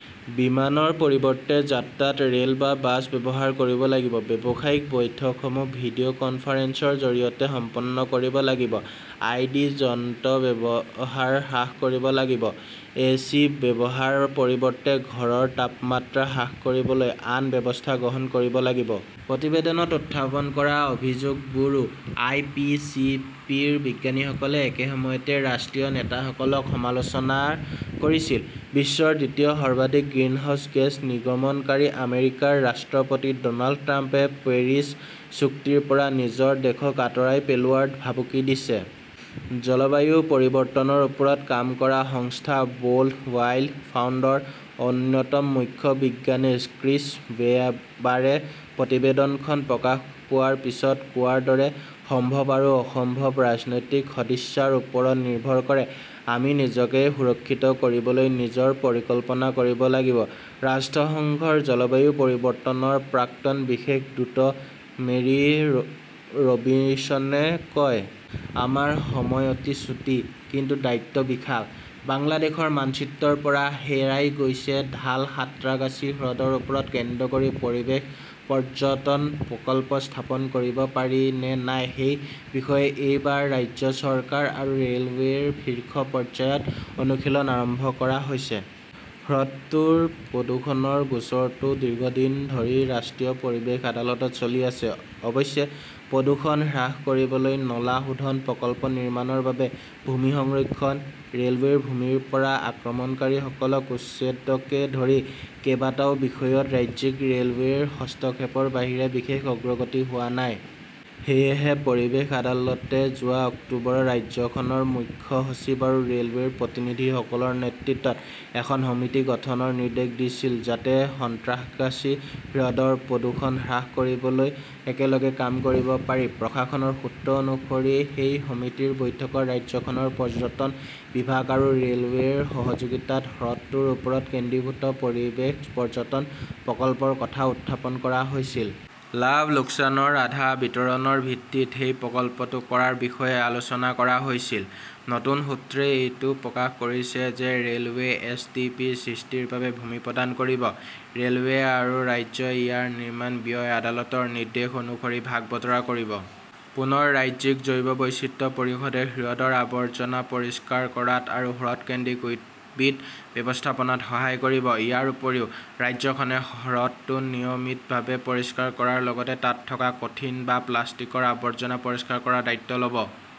বিমানৰ পৰিৱৰ্তে যাত্ৰাত ৰে'ল বা বাছ ব্যৱহাৰ কৰিব লাগিব। ব্যৱসায়িক বৈঠকসমূহ ভিডিঅ' কনফাৰেন্সৰ জৰিয়তেহে সম্পন্ন কৰিব লাগিব। আই. ডি. যন্ত্ৰৰ ব্যৱহাৰ হ্ৰাস কৰিব লাগিব। এচি ব্যৱহাৰৰ পৰিৱৰ্তে ঘৰৰ তাপমাত্ৰা হ্ৰাস কৰিবলৈ আন ব্যৱস্থা গ্ৰহণ কৰিব লাগিব। প্ৰতিবেদনত উত্থাপন কৰা অভিযোগবোৰো আই. পি. চি. পি. ৰ বিজ্ঞানীসকলে একে সময়তে ৰাষ্ট্ৰীয় নেতাসকলক সমালোচনা কৰিছিল। বিশ্বৰ দ্বিতীয় সৰ্বাধিক গ্ৰিনহাউজ গেছ নিৰ্গমনকাৰী আমেৰিকাৰ ৰাষ্ট্ৰপতি ড'নাল্ড ট্ৰাম্পে পেৰিছ চুক্তিৰ পৰা নিজৰ দেশক আঁতৰাই পেলোৱাৰ ভাবুকি দিছে। জলবায়ু পৰিৱৰ্তনৰ ওপৰত কাম কৰা সংস্থা ৱৰ্ল্ড ৱাইল্ড ফাণ্ডৰ অন্যতম মুখ্য বিজ্ঞানী ক্ৰিছ ৱেবাৰে প্ৰতিবেদনখন প্ৰকাশ পোৱাৰ পিছত কোৱাৰ দৰে, সম্ভৱ আৰু অসম্ভৱ ৰাজনৈতিক সদিচ্ছাৰ ওপৰত নিৰ্ভৰ কৰে। "আমি নিজকে সুৰক্ষিত কৰিবলৈ নিজৰ পৰিকল্পনা কৰিব লাগিব", ৰাষ্ট্ৰসংঘৰ জলবায়ু পৰিৱৰ্তনৰ প্ৰাক্তন বিশেষ দূত মেৰী ৰবিনছনে কয়। "আমাৰ সময় অতি চুটি, কিন্তু দায়িত্ব বিশাল।" বাংলাদেশৰ মানচিত্ৰৰ পৰা হেৰাই গৈছে ঢাল সাঁত্ৰাগাছী হ্ৰদৰ ওপৰত কেন্দ্ৰ কৰি পৰিৱেশ পৰ্যটন প্ৰকল্প স্থাপন কৰিব পাৰি নে নাই সেই বিষয়ে এইবাৰ ৰাজ্য চৰকাৰ আৰু ৰে'লৱেৰ শীৰ্ষ পৰ্যায়ত অনুশীলন আৰম্ভ কৰা হৈছে। হ্ৰদটোৰ প্ৰদূষণৰ গোচৰটো দীৰ্ঘদিন ধৰি ৰাষ্ট্ৰীয় পৰিৱেশ আদালতত চলি আছে। অৱশ্যে, প্ৰদূষণ হ্ৰাস কৰিবলৈ নলা শোধন প্ৰকল্প নিৰ্মাণৰ বাবে ভূমি সংৰক্ষণ, ৰে 'লৱেৰ ভূমিৰ পৰা আক্ৰমণকাৰীসকলক উচ্ছেদকে ধৰি কেইবাটাও বিষয়ত ৰাজ্যিক ৰে'লৱেৰ হস্তক্ষেপৰ বাহিৰে বিশেষ অগ্ৰগতি হোৱা নাই। সেয়েহে পৰিৱেশ আদালতে যোৱা অক্টোবৰত ৰাজ্যখনৰ মুখ্য সচিব আৰু ৰে'লৱেৰ প্ৰতিনিধিসকলৰ নেতৃত্বত এখন সমিতি গঠনৰ নিৰ্দেশ দিছিল যাতে সন্তৰাগাছী হ্ৰদৰ প্ৰদূষণ হ্ৰাস কৰিবলৈ একেলগে কাম কৰিব পাৰি। প্ৰশাসনৰ সূত্ৰ অনুসৰি সেই সমিতিৰ বৈঠকত ৰাজ্যখনৰ পৰ্যটন বিভাগ আৰু ৰে'লৱেৰ সহযোগিতাত হ্ৰদটোৰ ওপৰত কেন্দ্ৰীভূত পৰিৱেশ পৰ্যটন প্ৰকল্পৰ কথা উত্থাপন কৰা হৈছিল। লাভ-লোকচানৰ আধা বিতৰণ ৰ ভিত্তিত সেই প্ৰকল্পটো কৰাৰ বিষয়ে আলোচনা কৰা হৈছিল। নতুন সূত্ৰয়ে এইটোও প্ৰকাশ কৰিছে যে ৰে'লৱেই এছ. টি. পি. সৃষ্টিৰ বাবে ভূমি প্ৰদান কৰিব। ৰে'লৱে আৰু ৰাজ্যই ইয়াৰ নিৰ্মাণ ব্যয় আদালতৰ নিৰ্দেশ অনুসৰি ভাগ-বতৰা কৰিব। পুনৰ, ৰাজ্যিক জৈৱ বৈচিত্ৰ্য পৰিষদে হ্ৰদৰ আৱৰ্জনা পৰিষ্কাৰ কৰাত আৰু হ্ৰদ-কেন্দ্ৰিক উদ্ভিদ ব্যৱস্থাপনাত সহায় কৰিব। ইয়াৰ উপৰিও, ৰাজ্যখনে হ্ৰদটো নিয়মিতভাৱে পৰিষ্কাৰ কৰাৰ লগতে তাত থকা কঠিন আৰু প্লাষ্টিকৰ আৱৰ্জনা পৰিষ্কাৰ কৰাৰ দায়িত্ব ল'ব।